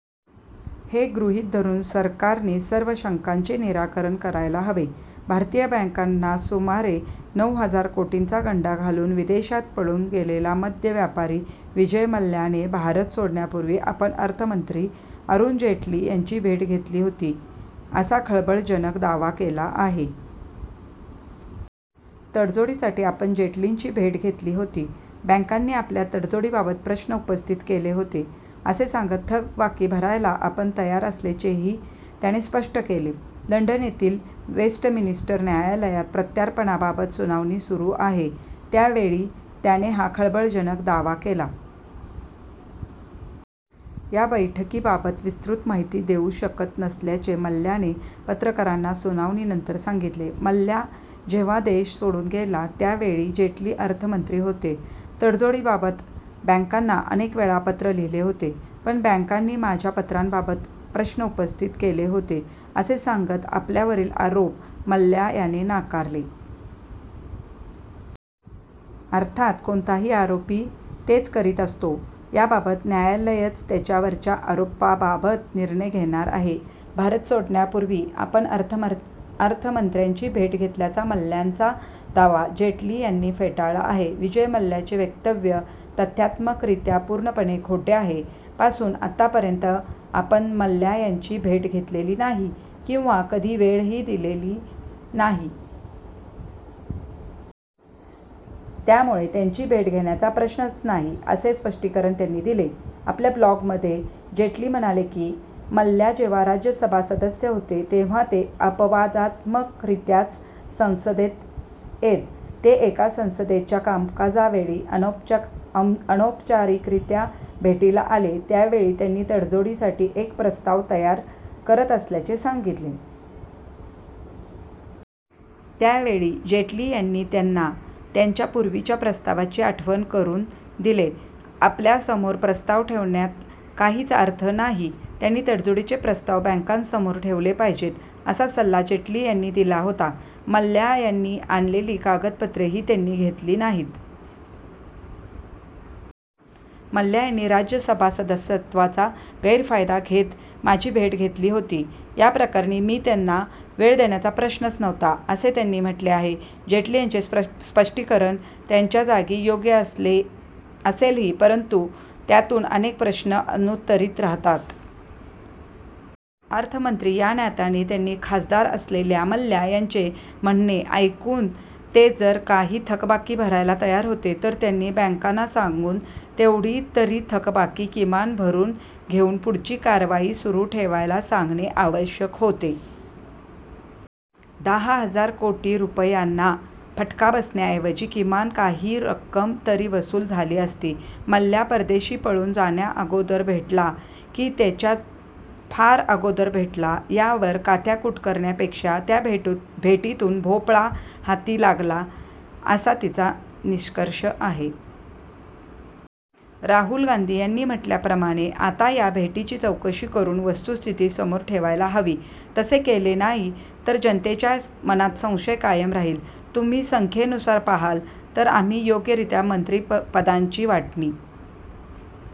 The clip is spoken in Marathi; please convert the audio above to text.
हे गृहीत धरून सरकारने सर्व शंकांचे निराकरण करायला हवे. भारतीय बॅंकांना सुमारे नऊ हजार कोटींचा गंडा घालून विदेशात पळून गेलेला मद्य व्यापारी विजय मल्ल्याने भारत सोडण्यापूर्वी आपण अर्थमंत्री अरुण जेटली यांची भेट घेतली होती, असा खळबळजनक दावा केला आहे. तडजोडीसाठी आपण जेटलींची भेट घेतली होती. बॅंकांनी माझ्या तडजोडीबाबत प्रश्न उपस्थित केले होते, असे सांगत थकबाकी भरायला आपण तयार असल्याचेही त्याने स्पष्ट केले. लंडन येथील वेस्टमिनिस्टर न्यायालयात प्रत्यार्पणाबाबत सुनावणी सुरू आहे. त्या वेळी त्याने हा खळबळजनक दावा केला. या बैठकीबाबत विस्तृत माहिती देऊ शकत नसल्याचे मल्ल्याने पत्रकारांना सुनावणीनंतर सांगितले. मल्ल्या जेव्हा देश सोडून गेला, त्या वेळी जेटली अर्थमंत्री होते. तडजोडीबाबत बॅंकांना अनेकवेळा पत्र लिहिले होते; पण बॅंकांनी माझ्या पत्रांबाबतच प्रश्न उपस्थित केले होते, असे सांगत आपल्यावरील आरोप मल्ल्या याने नाकारले. अर्थात कोणताही आरोपी तेच करीत असतो. याबाबत न्यायालयच त्याच्यावरच्या आरोपाबाबत निर्णय घेणार आहे. भारत सोडण्यापूर्वी आपण अर्थमंत्र्यांची भेट घेतल्याचा मल्ल्यांचा दावा जेटली यांनी फेटाळला आहे. विजय मल्ल्याचे वक्तव्य तथ्यात्मकरित्या पूर्णपणे खोटे आहे. पासून आतापर्यंत आपण मल्ल्या यांची भेट घेतलेली नाही किंवा कधी वेळही दिलेली नाही. त्यामुळे त्यांची भेट घेण्याचा प्रश्नच नाही, असे स्पष्टीकरण त्यांनी दिले. आपल्या ब्लॉगमध्ये जेटली म्हणाले, की, मल्ल्या जेव्हा राज्यसभा सदस्य होते, तेव्हा ते अपवादात्मकरित्याच संसदेत येत. ते एकदा संसदेच्या कामकाजावेळी अनौपचारिकत्या भेटीला आले. त्या वेळी त्यांनी तडजोडीसाठी एक प्रस्ताव तयार करत असल्याचे सांगितले. त्या वेळी जेटली यांनी त्यांना त्यांच्या पूर्वीच्या प्रस्तावाची आठवण करून दिले. आपल्यासमोर प्रस्ताव ठेवण्यात काहीच अर्थ नाही. त्यांनी तडजोडीचे प्रस्ताव बॅंकांसमोर ठेवले पाहिजेत, असा सल्ला जेटली यांनी दिला होता. मल्ल्या यांनी आणलेली कागदपत्रेही त्यांनी घेतली नाहीत. मल्ल्या यांनी राज्यसभा सदस्यत्वाचा गैरफायदा घेत माझी भेट घेतली होती. याप्रकरणी मी त्यांना वेळ देण्याचा प्रश्नच नव्हता, असे त्यांनी म्हटले आहे. जेटली यांचे स्पष्टीकरण त्यांच्या जागी योग्य असेलही परंतु त्यातून अनेक प्रश्न अनुत्तरीत राहतात. अर्थमंत्री या नात्याने त्यांनी खासदार असलेल्या मल्ल्या यांचे म्हणणे ऐकून ते जर काही थकबाकी भरायला तयार होते, तर त्यांनी बॅंकांना सांगून तेवढी तरी थकबाकी किमान भरून घेऊन पुढची कारवाई सुरू ठेवायला सांगणे आवश्यक होते. दहा हजार कोटी रुपयांना फटका बसण्याऐवजी किमान काही रक्कम तरी वसूल झाली असती. मल्ल्या परदेशी पळून जाण्याअगोदर भेटला, की त्याच्या फार अगोदर भेटला, यावर काथ्याकुट करण्यापेक्षा त्या भेटीतून भोपळा हाती लागला, असा तिचा निष्कर्ष आहे. राहुल गांधी यांनी म्हटल्याप्रमाणे आता या भेटीची चौकशी करून वस्तुस्थिती समोर ठेवायला हवी. तसे केले नाही, तर जनतेच्या मनात संशय कायम राहील. तुम्ही संख्येनुसार पाहाल, तर आम्ही योग्यरित्या मंत्रिपदांची वाटणी